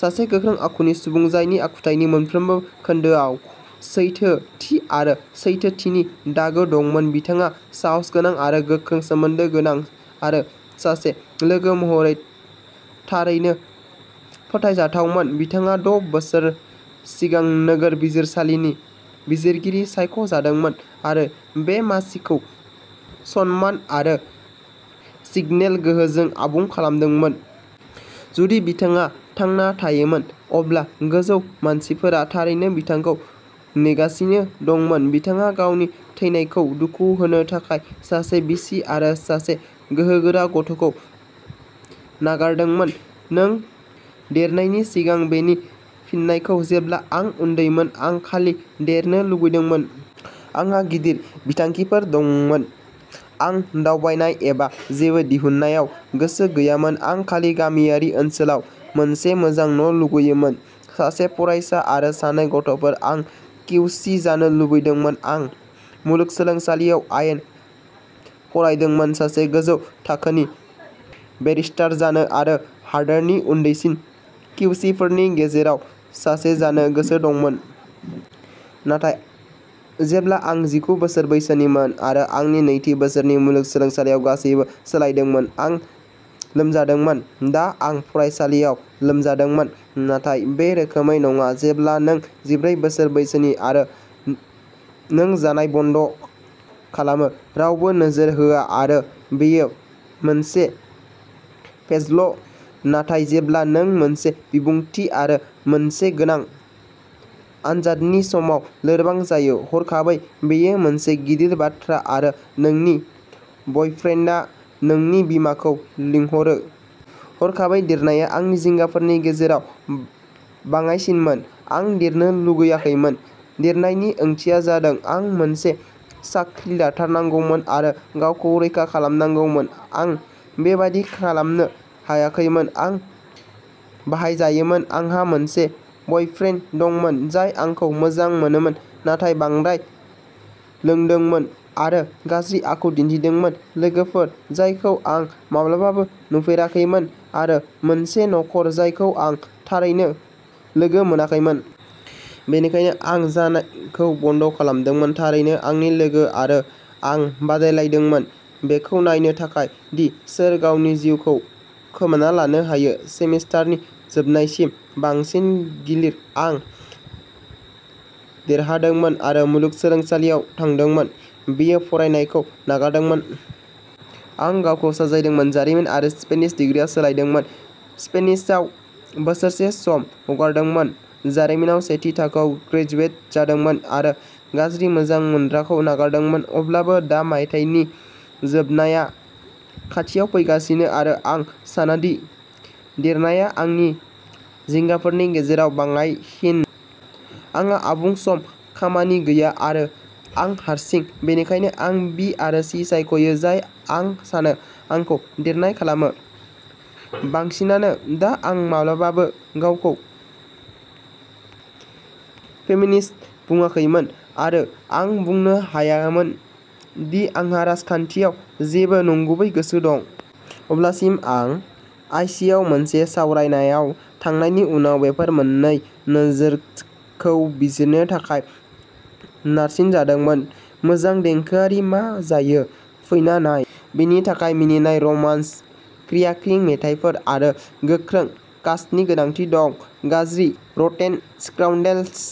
सासे गोख्रों आखुनि सुबुं, जायनि आखुथायनि मोनफ्रोमबो खोन्दोआव सैथोथि आरो सैथोथिनि दागो दंमोन। बिथाङा साहसगोनां आरो गोख्रों सोमोन्दो गोनां आरो सासे लोगो महरै थारैनो फोथायजाथावमोन। बिथाङा द' बोसोर सिगां नोगोर बिजिरसालिनि बिजिरगिरि सायख'जादोंमोन आरो बे मासिखौ सनमान आरो सिगनेल गोहोजों आबुं खालामदोंमोन। जुदि बिथाङा थांना थायोमोन, अब्ला गोजौ मानसिफोरा थारैनो बिथांखौ नेगासिनो दंमोन। बिथाङा गावनि थैनायखौ दुखु होनो थाखाय सासे बिसि आरो सासे गोहोगोरा गथ'खौ नागारदोंमोन। नों देरनायनि सिगां बेनि फिननायखौ। जेब्ला आं उन्दैमोन, आं खालि देरनो लुगैदोंमोन। आंहा गिदिर बिथांखिफोर दंमोन। आं दावबायनाय एबा जेबो दिहुननायाव गोसो गैयामोन, आं खालि गामियारि ओनसोलाव मोनसे मोजां न' लुगैयोमोन, सासे फिसाय आरो सानै गथ'फोर। आं किउसि जानो लुबैदोंमोन आं मुलुगसोलोंसालियाव आयेन फरायदोंमोन सासे गोजौ थाखोनि बेरिस्टार जानो आरो हादोरनि उन्दैसिन किउसिफोरनि गेजेराव सासे जानो गोसो दंमोन। नाथाय, जेब्ला आं जिगु बोसोर बैसोनिमोन आरो आंनि नैथि बोसोरनि मुलुगसोलोंसालियाव, गासैबो सोलायदोंमोन। आं लोमजादोंमोन। दा, आं फरायसालियाव लोमजादोंमोन नाथाय बे रोखोमै नङा। जेब्ला नों जिब्रै बोसोर बैसोनि आरो नों जानाय बन्द' खालामो, रावबो नोजोर होआ आरो बेयो मोनसे फेजल' नाथाय जेब्ला नों मोनसे बिबुंथि आरो मोनसे गोनां आनजादनि समाव लोरबां जायो, हरखाबै बेयो मोनसे गिदिर बाथ्रा आरो नोंनि बयफ्रेन्डआ नोंनि बिमाखौ लिंहरो। हरखाबै देरनाया आंनि जिंगाफोरनि गेजेराव बाङाइसिनमोन आं देरनो लुगैाखैमोन। देरनायनि ओंथिया जादों आं मोनसे साख्रि लाथारनांगौमोन आरो गावखौ रैखा खालामनांगौमोन। आं बेबादि खालामनो हायाखैमोन, आं बाहायजायैमोन। आंहा सासे बयफ्रेन्ड दंमोन जाय आंखौ मोजां मोनोमोन, नाथाय बांद्राय लोंदोंमोन आरो गाज्रि आखु दिन्थिदोंमोन, लोगोफोर जायखौ आं माब्लाबाबो नुफेराखैमोन आरो मोनसे नखर जायखौ आं थारैनो लोगो मोनाखैमोन। बेनिखायनो आं जानायखौ बन्द' खालामदोंमोन। थारैनो आंनि लोगो आरो आं बादायलायदोंमोन बेखौ नायनो थाखाय दि सोर गावनि जिउखौ खोमाना लानो हायो। सेमिस्टारनि जोबनायसिम बांसिन गिलिर। आं देरहादोंमोन आरो मुलुगसोलोंसालियाव थादोंमोन। बियो फरायनायखौ नागारदोंमोन। आं गावखौ साजायदोंमोन, जारिमिन आरो स्पेनिश दिग्रिआव सोलायदोंमोन, स्पेनआव बोसोरसे सम हगारदोंमोन, जारिमिनाव सेथि थाखोआव ग्रेजुवेट जादोंमोन आरो गाज्रि मोजां मोनग्राखौ नागारदोंमोन। अब्लाबो दा मायथाइनि जोबनाया खाथियाव फैगासिनो आरो आं सानादि देरनाया आंनि जिंगाफोरनि गेजेराव बाङाइसिन। आंहा आबुं सम खामानि गैया आरो आं हारसिं। बेनिखायनो आं बि आरो सि सायख'यो। जाय, आं सानो, आंखौ देरनाय खालामो। बांसिनानो। दा आं माब्लाबाबो गावखौ फेमिनिस्ट बुङाखैमोन, आरो आं बुंनो हायामोन दि आंहा राजखान्थियाव जेबो नंगुबै गोसो दं। अब्लाबो आं आइसिएआव मोनसे सावरायनायाव थांनायनि उनाव बेफोर मोन्नै नोजोरखौ बिजिरनो थाखाय नारसिनजादोंमोन। मोजां देंखोआरि मा जायो फैना नाय। बेनि थाखाय मिनिनाय, रमान्स, क्र्याकिं मेथाइफोर आरो गोख्रों कास्टनि गोनांथि दं। गाज्रि रटेन स्काउन्ड्रेल्स।